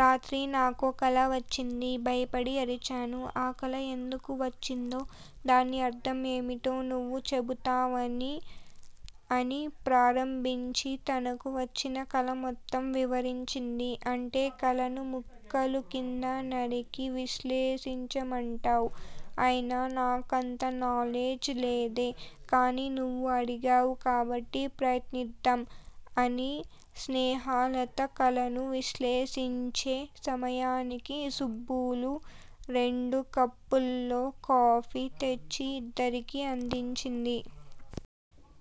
రాత్రి నాకో కల వచ్చింది భయపడి అరిచాను. ఆ కల ఎందుకు వచ్చిందో, దాని అర్థం ఏమిటో నువ్వు చెబుతావని అని ప్రారంభించి, తనకు వచ్చిన కల మొత్తం వివరించింది. అంటే కలను ముక్కలు కింద నరికి, విశ్లేషించమంటావ్. అయినా నాకంత నాలెడ్జ్ లేదే. కానీ నువ్వు అడిగావు కాబట్టి ప్రయత్నిద్దాం అని స్నేహలత కలను విశ్లేషించే సమయానికి సుబ్బులు రెండు కప్పుల్లో కాఫీ తెచ్చి ఇద్దరికీ అందించింది.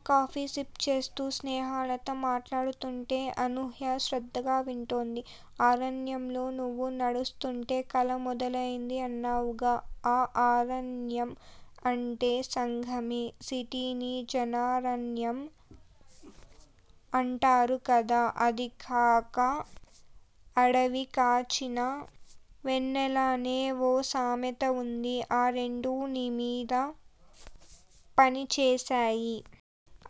కాఫీ సిప్ చేస్తూ స్నేహలత మాట్లాడుతుంటే అనూహ్య శ్రద్ధగా వింటోంది. అరణ్యంలో నువ్వు నడుస్తుంటే కల మొదలయింది అన్నావుగా ఆఁ అరణ్యం అంటే సంఘమే. సిటీని జనారణ్యం అంటారు కదా. అదీగాక అడవి కాచిన వెన్నెల అనే ఓ సామెత వుంది. ఆ రెండూ నీ మీద పనిచేశాయి.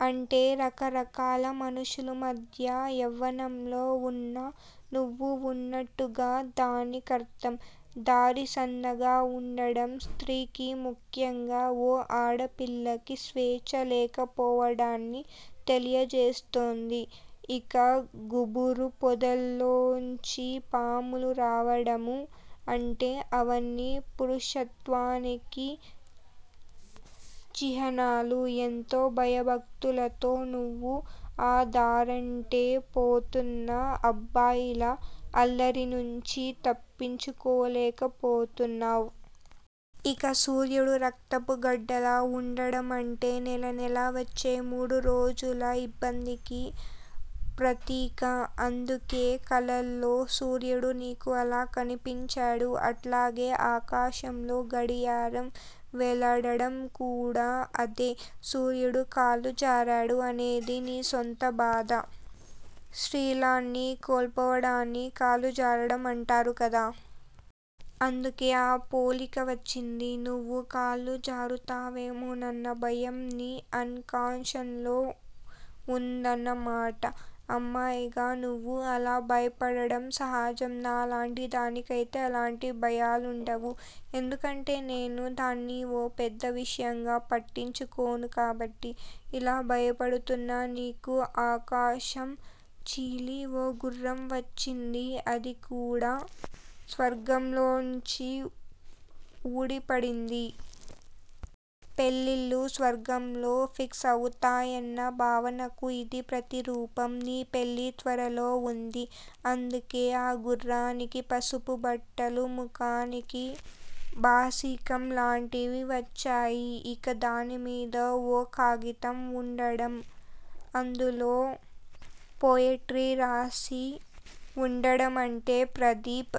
అంటే రకరకాల మనుషుల మధ్య యవ్వనంలో వున్న నువ్వు వున్నట్టు దాని కర్థం. దారి సన్నగా వుండడం స్త్రీకి, ముఖ్యంగా ఓ ఆడపిల్లకి స్వేచ్చ లేకపోవడాన్ని తెలియజేస్తుంది. ఇక గుబురు పొదల్లోంచి పాములు రావడము అంటే అవన్నీ పురుషత్వానికి చిహ్నాలు. ఎంతో భయభక్తులతో నువ్వు ఆ దారంటే పోతున్నా అబ్బాయిల అల్లరి నుంచి తప్పించుకోలేకపోతున్నావ్. ఇక సూర్యుడు రక్తపు గడ్డలా వుండడమంటే నెలనెలా వచ్చే మూడురోజుల ఇబ్బందికి ప్రతీక. అందుకే కలలో సూర్యుడు నీకు అలా కనిపించాడు. అట్లాగే ఆకాశంలో గడియారం వేలాడడం కూడా అదే. సూర్యుడు కాలు జారాడు అనేది నీ సొంత బాధ. శీలాన్ని కోల్పోవడాన్ని కాలు జారడం అంటారు కదా. అందుకే ఆ పోలిక వచ్చింది. నువ్వూ కాలు జారుతావేమోనన్న భయం నీ అన్ కాన్షన్ లో వుందన్న మాట. అమ్మాయిగా నువ్వు అలా భయపడడం సహజం. నాలాంటి దానికైతే అలాంటి భయాలుండవు. ఎందుకంటే నేను దాన్ని ఓ పెద్ద విషయంగా పట్టించుకోను కాబట్టి. ఇలా భయపడుతున్న నీకు ఆకాశం చీలి ఓ గుర్రం వచ్చింది అది కూడా స్వర్గంలోంచి ఊడిపడింది. పెళ్ళిళ్ళు స్వర్గంలో ఫిక్స్ అవుతాయన్న భావనకు ఇది ప్రతిరూపం. నీ పెళ్ళి త్వరలో వుంది. అందుకే ఆ గుర్రానికి పసుపు బట్టలు, ముఖానికి బాసికం లాంటివి వచ్చాయి. ఇక దానిమీద ఓ కాగితం వుండడం, అందులో పొయిట్రీ రాసి వుండడమంటే ప్రదీప్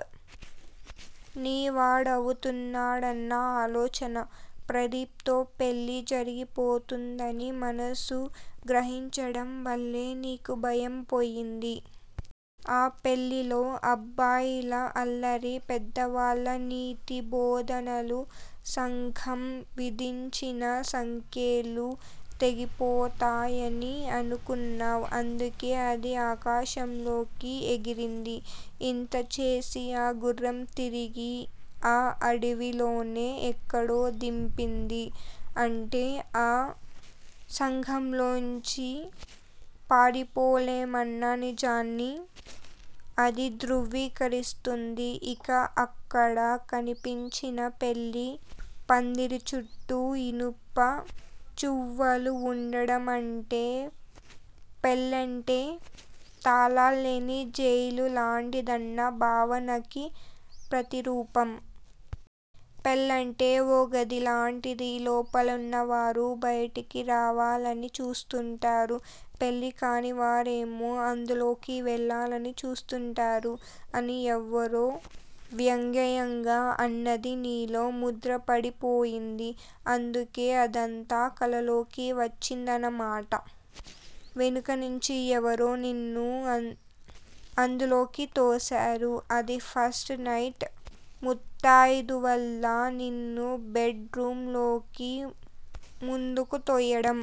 నీవాడవుతున్నాడన్న ఆలోచన. ప్రదీప్ తో పెళ్ళి జరిగిపోతుందని మనసు గ్రహించడం వల్లే నీకు భయం పోయింది. ఈ పెళ్ళిలో అబ్బాయిల అల్లరి, పెద్దవాళ్ళ నీతి బోధనలు, సంఘం విధించిన సంకెళ్ళు తెగిపోతాయని అనుకున్నావ్. అందుకే అది ఆకాశంలోకి ఎగిరింది. ఇంతా చేసి ఆ గుర్రం తిరిగి ఆ అడవిలోనే ఎక్కడో దింపింది. అంటే ఆ సంఘంలోంచి పారిపోలేమన్న నిజాన్ని అది ధృవీకరిస్తుంది. ఇక అక్కడ కనిపించిన పెళ్ళి పందిరిచుట్టూ ఇనుప చువ్వలు వుండడమంటే పెళ్ళంటే తాళాల్లేని జైలు లాంటిదన్న భావనకి ప్రతిరూపం. పెళ్ళంటే ఓ గదిలాంటిది. లోపనున్నవారు బయటికి రావాలని చూస్తుంటారు. పెళ్ళి కానివారేమో అందులోకి వెళ్ళాలని చూస్తుంటారు. అని ఎవరో వ్యంగ్యంగా అన్నది నీలో ముద్రపడిపోయింది. అందుకే అదంతా కలలోకి వచ్చిందన్న మాట. వెనకనుంచి ఎవరో నిన్ను అందులోకి తోశారు. అది ఫస్ట్ నైట్ ముత్తయిదువలు నిన్ను బెడ్ రూమ్ లోకి ముందుకు తోయడం.